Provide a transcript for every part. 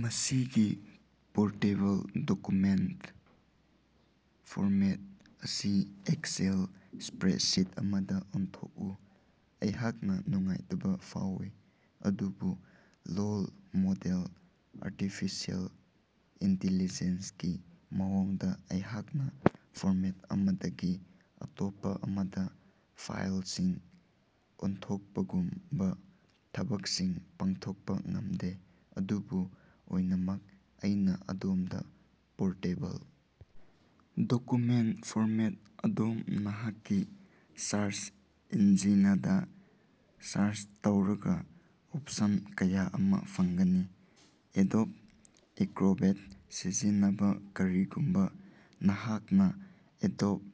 ꯃꯁꯤꯒꯤ portable document format ꯑꯁꯤ Excel spreadsheet ꯑꯃꯗꯥ ꯑꯣꯟꯊꯣꯛꯎ꯫ ꯑꯩꯍꯥꯛꯅꯥ ꯅꯨꯡꯉꯥꯏꯇꯕꯥ ꯐꯥꯎꯏ ꯑꯗꯨꯕꯨ ꯂꯣꯜ ꯃꯣꯗꯦꯜ ꯑꯥꯔꯇꯤꯐꯤꯁꯤꯌꯦꯜ ꯏꯟꯇꯤꯂꯤꯖꯦꯟꯁꯀꯤ ꯃꯑꯣꯡꯗꯥ ꯑꯩꯍꯥꯛꯅꯥ ꯐꯣꯔꯃꯦꯠ ꯑꯃꯗꯒꯤ ꯑꯇꯣꯞꯄꯥ ꯑꯃꯗꯥ ꯐꯥꯏꯂꯁꯤꯡ ꯑꯣꯟꯊꯣꯛꯄꯒꯨꯝꯕꯥ ꯊꯕꯛꯁꯤꯡ ꯄꯥꯡꯊꯣꯛꯄꯥ ꯉꯝꯗꯦ꯫ ꯑꯗꯨꯝ ꯑꯣꯏꯅꯃꯛ ꯑꯩꯅꯥ ꯑꯗꯣꯝꯗꯥ ꯄꯣꯔꯇꯦꯕꯜ ꯗꯣꯀꯨꯃꯦꯟꯠ ꯐꯣꯔꯃꯦꯠ ꯑꯗꯣꯝ ꯅꯍꯥꯛꯀꯤ ꯁꯥꯔꯆ ꯏꯟꯖꯤꯅꯗꯥ ꯁꯥꯔꯆ ꯇꯧꯔꯒꯥ ꯑꯣꯞꯁꯟ ꯀꯌꯥ ꯑꯃꯥ ꯐꯪꯒꯅꯤ꯫ ꯑꯦꯗꯣꯕ ꯑꯦꯀ꯭ꯔꯣꯕꯦꯠ ꯁꯤꯖꯤꯟꯅꯕꯥ ꯀꯔꯤꯒꯨꯃꯕꯥ ꯅꯍꯥꯛꯅꯥ ꯑꯦꯗꯣꯕ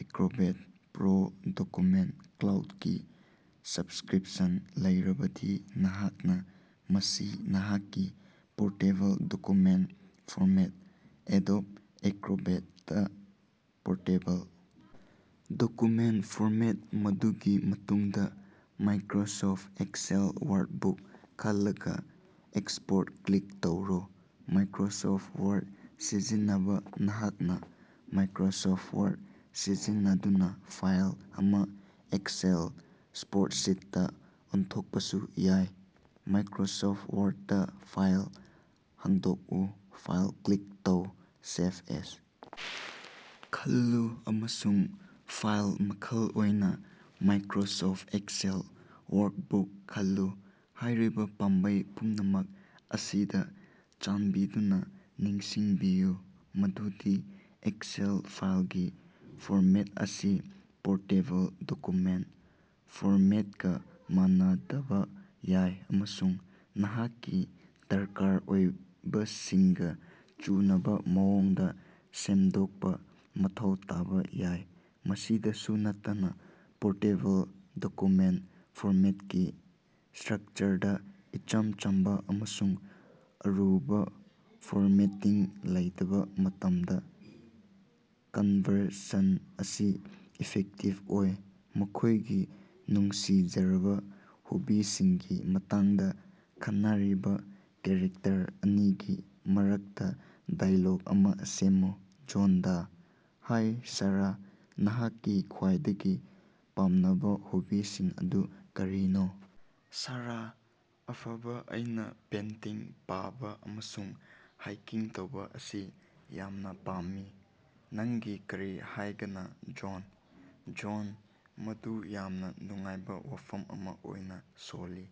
ꯑꯦꯀ꯭ꯔꯣꯕꯦꯠ ꯄ꯭ꯔꯣ ꯗꯣꯀꯨꯃꯦꯟꯠ ꯀ꯭ꯂꯥꯎꯗꯀꯤ ꯁꯕꯁꯀ꯭ꯔꯤꯄꯁꯟ ꯂꯩꯔꯕꯗꯤ ꯅꯍꯥꯛꯅꯥ ꯃꯁꯤ ꯅꯍꯥꯛꯀꯤ ꯄꯣꯔꯇꯦꯕꯜ ꯗꯣꯀꯨꯃꯦꯟꯠ ꯐꯣꯔꯃꯦꯠ ꯑꯦꯗꯣꯕ ꯑꯦꯀ꯭ꯔꯣꯕꯦꯠꯇꯥ ꯄꯣꯔꯇꯦꯕꯜ ꯗꯣꯀꯨꯃꯦꯟꯠ ꯐꯣꯔꯃꯦꯠ ꯃꯗꯨꯒꯤ ꯃꯇꯨꯡꯗꯥ ꯃꯥꯏꯀ꯭ꯔꯣꯁꯣꯐꯠ ꯑꯦꯛꯁꯦꯜ ꯋꯥꯔꯀꯕꯨꯛ ꯈꯜꯂꯒꯥ ꯑꯦꯛꯁꯄꯣꯔꯠ ꯀ꯭ꯂꯤꯛ ꯇꯧꯔꯣ꯫ ꯃꯥꯏꯀ꯭ꯔꯣꯁꯣꯐꯠ ꯋꯥꯔꯗ ꯁꯤꯖꯤꯟꯅꯕꯥ ꯅꯍꯥꯛꯅꯥ ꯃꯥꯏꯀ꯭ꯔꯣꯁꯣꯐꯠ ꯋꯥꯔꯗ ꯁꯤꯖꯤꯟꯅꯗꯨꯅꯥ ꯐꯥꯏꯜ ꯑꯃꯥ ꯑꯦꯛꯁꯦꯜ ꯁ꯭ꯄꯔꯦꯗꯁꯤꯠꯇꯥ ꯑꯣꯟꯊꯣꯛꯄꯁꯨ ꯌꯥꯏ꯫ ꯃꯥꯏꯀ꯭ꯔꯣꯁꯣꯐꯠ ꯋꯥꯔꯗꯇꯥ ꯐꯥꯏꯜ ꯍꯥꯡꯗꯣꯛꯎ ꯐꯥꯏꯜ ꯀ꯭ꯂꯤꯛ ꯇꯧ ꯁꯦꯚ ꯑꯦꯖ ꯈꯜꯂꯨ ꯑꯃꯁꯨꯡ ꯐꯥꯏꯜ ꯃꯈꯜ ꯑꯣꯏꯅꯥ "ꯃꯥꯏꯀ꯭ꯔꯣꯁꯣꯐꯠ ꯑꯦꯛꯁꯦꯜ ꯋꯥꯔꯀꯕꯨꯛ ꯈꯜꯂꯨ꯫ ꯍꯥꯏꯔꯤꯕꯥ ꯄꯥꯝꯕꯩ ꯄꯨꯝꯅꯃꯛ ꯑꯁꯤꯗꯥ ꯆꯥꯟꯕꯤꯗꯨꯅꯥ ꯅꯤꯡꯁꯤꯡꯕꯤꯌꯨ ꯃꯗꯨꯗꯤ ꯑꯦꯛꯁꯦꯜ ꯐꯥꯏꯂꯒꯤ ꯐꯣꯔꯃꯦꯠ ꯑꯁꯤ ꯄꯣꯔꯇꯦꯕꯜ ꯗꯣꯀꯨꯃꯦꯟꯠ ꯐꯣꯔꯃꯦꯠꯀꯥ ꯃꯥꯟꯅꯗꯕꯥ ꯌꯥꯏ ꯑꯃꯁꯨꯡ ꯅꯍꯥꯛꯀꯤ ꯗꯔꯀꯥꯔ ꯑꯣꯏꯕꯁꯤꯡꯒꯥ ꯆꯨꯅꯕꯥ ꯃꯑꯣꯡꯗꯥ ꯁꯦꯝꯗꯣꯛꯄꯥ ꯃꯊꯧ ꯇꯥꯕꯥ ꯌꯥꯏ꯫ ꯃꯁꯤꯗꯁꯨ ꯅꯠꯇꯅꯥ ꯄꯣꯔꯇꯦꯕꯜ ꯗꯣꯀꯨꯃꯦꯟꯠ ꯐꯣꯔꯃꯦꯠꯀꯤ ꯁ꯭ꯇꯔꯛꯆꯔꯗꯥ ꯏꯆꯝ ꯆꯝꯕꯥ ꯑꯃꯁꯨꯡ ꯑꯔꯨꯕꯥ ꯐꯣꯔꯃꯦꯇꯤꯡ ꯂꯩꯇꯕꯥ ꯃꯇꯝꯗꯥ ꯀꯟꯕꯔꯁꯟ ꯑꯁꯤ ꯏꯐꯦꯛꯇꯤꯕ ꯑꯣꯏ꯫ ꯃꯈꯣꯏꯒꯤ ꯅꯨꯡꯁꯤꯖꯔꯕꯥ ꯍꯣꯕꯤꯁꯤꯡꯒꯤ ꯃꯇꯥꯡꯗꯥ ꯈꯟꯅꯔꯤꯕꯥ ꯀꯦꯔꯦꯛꯇꯔ ꯑꯅꯤꯒꯤ ꯃꯔꯛꯇꯥ ꯗꯥꯏꯂꯣꯒ ꯑꯃꯥ ꯁꯦꯝꯃꯨ꯫ ꯖꯣꯟꯗꯥ: ꯍꯥꯏ ꯁꯥꯔꯥ ꯅꯍꯥꯛꯀꯤ ꯈ꯭ꯋꯥꯏꯗꯒꯤ ꯄꯥꯝꯅꯕꯥ ꯍꯣꯕꯤꯁꯤꯡ ꯑꯗꯨ ꯀꯔꯤꯅꯣ? ꯁꯥꯔꯥ: ꯑꯐꯕ ꯑꯩꯅꯥ ꯄꯦꯟꯇꯤꯡ ꯄꯥꯕꯥ ꯑꯃꯁꯨꯡ ꯍꯥꯏꯀꯤꯡ ꯇꯧꯕꯥ ꯑꯁꯤ ꯌꯥꯝꯅꯥ ꯄꯥꯝꯃꯤ꯫ ꯅꯪꯒꯤ ꯀꯔꯤ ꯍꯥꯏꯒꯅ ꯖꯣꯟ? ꯖꯣꯟ: ꯃꯗꯨ ꯌꯥꯝꯅꯥ ꯅꯨꯡꯉꯥꯏꯕꯥ ꯋꯥꯐꯝ ꯑꯃꯥ ꯑꯣꯏꯅꯥ ꯁꯣꯜꯂꯤ꯫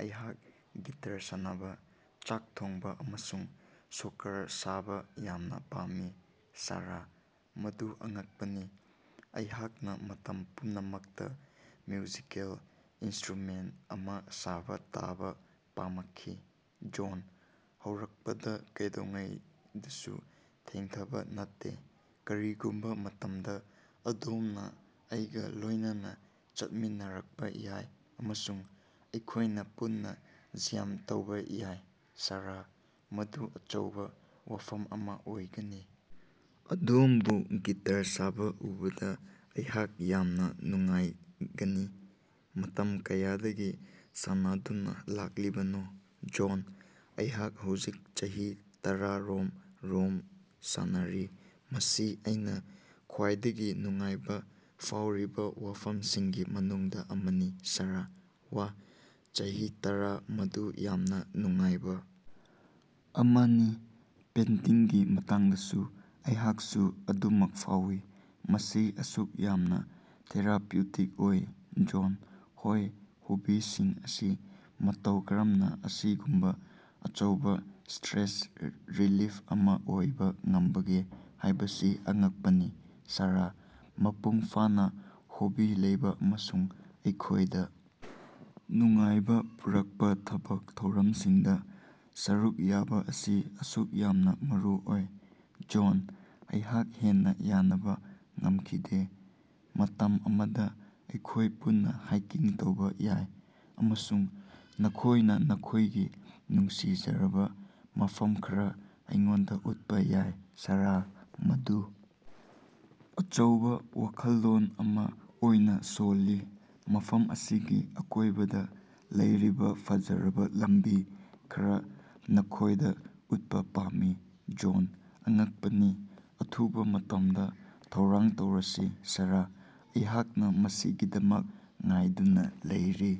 ꯑꯩꯍꯥꯛ ꯒꯤꯇꯔ ꯁꯥꯟꯅꯕꯥ ꯆꯥꯛ ꯊꯣꯡꯕꯥ ꯑꯃꯁꯨꯡ ꯁꯣꯀꯔ ꯁꯥꯕꯥ ꯌꯥꯝꯅꯥ ꯄꯥꯝꯃꯤ꯫ ꯁꯥꯔꯥ: ꯃꯗꯨ ꯑꯉꯛꯄꯅꯤ꯫ ꯑꯩꯍꯥꯛꯅꯥ ꯃꯇꯝ ꯄꯨꯝꯅꯃꯛꯇꯥ ꯃ꯭ꯌꯨꯖꯤꯀꯦꯜ ꯏꯟꯁꯇ꯭ꯔꯨꯃꯦꯟꯇ ꯑꯃꯥ ꯁꯥꯕꯥ ꯇꯝꯕꯥ ꯄꯥꯃꯈꯤ꯫ ꯖꯣꯟ: ꯍꯧꯔꯛꯄꯗꯥ ꯀꯩꯗꯧꯉꯩꯗꯁꯨ ꯊꯦꯡꯊꯕꯥ ꯅꯠꯇꯦ꯫ ꯀꯔꯤꯒꯨꯝꯕꯥ ꯃꯇꯝꯗꯥ ꯑꯗꯣꯝꯅꯥ ꯑꯩꯒꯥ ꯂꯣꯏꯅꯅꯥ ꯆꯠꯃꯤꯟꯅꯔꯛꯄꯥ ꯌꯥꯏ ꯑꯃꯁꯨꯡ ꯑꯩꯈꯣꯏꯅꯥ ꯄꯨꯟꯅꯥ ꯖ꯭ꯌꯥꯝ ꯇꯧꯕꯥ ꯌꯥꯏ꯫ ꯁꯥꯔꯥ: ꯃꯗꯨ ꯑꯆꯧꯕꯥ ꯋꯥꯐꯝ ꯑꯃꯥ ꯑꯣꯏꯒꯅꯤ! ꯑꯗꯣꯝꯕꯨ ꯒꯤꯇꯔ ꯁꯥꯕꯥ ꯎꯕꯗꯥ ꯑꯩꯍꯥꯛ ꯌꯥꯝꯅꯥ ꯅꯨꯡꯉꯥꯏꯒꯅꯤ꯫ ꯃꯇꯝ ꯀꯌꯥꯗꯒꯤ ꯁꯥꯟꯅꯗꯨꯅꯥ ꯂꯥꯛꯂꯤꯕꯅꯣ? ꯖꯣꯟ: ꯑꯩꯍꯥꯛ ꯍꯧꯖꯤꯛ ꯆꯍꯤ ꯇꯔꯥꯔꯣꯝ ꯔꯣꯝ ꯁꯥꯟꯅꯔꯤ꯫ ꯃꯁꯤ ꯑꯩꯅꯥ ꯈ꯭ꯋꯥꯏꯗꯒꯤ ꯅꯨꯡꯉꯥꯏꯕꯥ ꯐꯥꯎꯔꯤꯕꯥ ꯋꯥꯐꯝꯁꯤꯡꯒꯤ ꯃꯅꯨꯡꯗꯥ ꯑꯃꯅꯤ꯫ ꯁꯥꯔꯥ: ꯋꯥꯍ ꯆꯍꯤ ꯇꯔꯥ ꯃꯗꯨ ꯌꯥꯝꯅꯥ ꯅꯨꯡꯉꯥꯏꯕꯥ ꯑꯃꯅꯤ꯫ ꯄꯦꯟꯇꯤꯡꯒꯤ ꯃꯇꯥꯡꯗꯁꯨ ꯑꯩꯍꯥꯛꯁꯨ ꯑꯗꯨꯃꯛ ꯐꯥꯎꯏ꯫ ꯃꯁꯤ ꯑꯁꯨꯛ ꯌꯥꯝꯅꯥ ꯊꯦꯔꯥꯄ꯭ꯌꯨꯇꯤꯛ ꯑꯣꯏ꯫ ꯖꯣꯟ: ꯍꯣꯏ ꯍꯣꯕꯤꯁꯤꯡ ꯑꯁꯤ ꯃꯇꯧ ꯀꯔꯝꯅꯥ ꯑꯁꯤꯒꯨꯝꯕꯥ ꯑꯆꯧꯕꯥ ꯁ꯭ꯇꯔꯦꯁ ꯔꯤꯂꯤꯐ ꯑꯃꯥ ꯑꯣꯏꯕꯥ ꯉꯝꯕꯒꯦ ꯍꯥꯏꯕꯁꯤ ꯑꯉꯛꯄꯅꯤ꯫ ꯁꯥꯔꯥ: ꯃꯄꯨꯡ ꯐꯥꯅꯥ ꯍꯣꯕꯤ ꯂꯩꯕꯥ ꯑꯃꯁꯨꯡ ꯑꯩꯈꯣꯏꯗꯥ ꯅꯨꯡꯉꯥꯏꯕꯥ ꯄꯨꯔꯛꯄꯥ ꯊꯥꯕꯛ ꯊꯧꯔꯝꯁꯤꯡꯗꯥ ꯁꯔꯨꯛ ꯌꯥꯕꯥ ꯑꯁꯤ ꯑꯁꯨꯛ ꯌꯥꯝꯅꯥ ꯃꯔꯨꯑꯣꯏ꯫ ꯖꯣꯟ: ꯑꯩꯍꯥꯛ ꯍꯦꯟꯅꯥ ꯌꯥꯅꯕꯥ ꯉꯝꯈꯤꯗꯦ꯫ ꯃꯇꯝ ꯑꯃꯗꯥ ꯑꯩꯈꯣꯏ ꯄꯨꯟꯅꯥ ꯍꯥꯏꯀꯤꯡ ꯇꯧꯕꯥ ꯌꯥꯏ ꯑꯃꯁꯨꯡ ꯅꯈꯣꯏꯅꯥ ꯅꯈꯣꯏꯒꯤ ꯅꯨꯡꯁꯤꯖꯔꯕꯥ ꯃꯐꯝ ꯈꯔꯥ ꯑꯩꯉꯣꯟꯗꯥ ꯎꯠꯄꯥ ꯌꯥꯏ꯫ ꯁꯥꯔꯥ: ꯃꯗꯨ ꯑꯆꯧꯕꯥ ꯋꯥꯈꯜꯂꯣꯟ ꯑꯃꯥ ꯑꯣꯏꯅꯥ ꯁꯣꯜꯂꯤ꯫ ꯃꯐꯝ ꯑꯁꯤꯒꯤ ꯑꯀꯣꯏꯕꯗꯥ ꯂꯩꯔꯤꯕꯥ ꯐꯖꯔꯕꯥ ꯂꯝꯕꯤ ꯈꯔꯥ ꯅꯈꯣꯏꯗꯥ ꯎꯠꯄꯥ ꯄꯥꯝꯃꯤ꯫ ꯖꯣꯟ: ꯑꯉꯛꯄꯅꯤ꯫ ꯑꯊꯨꯕꯥ ꯃꯇꯝꯗꯥ ꯊꯧꯔꯥꯡ ꯇꯧꯔꯁꯤ꯫ ꯁꯥꯔꯥ: ꯑꯩꯍꯥꯛꯅꯥ ꯃꯁꯤꯒꯤꯗꯃꯛ ꯉꯥꯏꯗꯨꯅꯥ ꯂꯩꯔꯤ꯫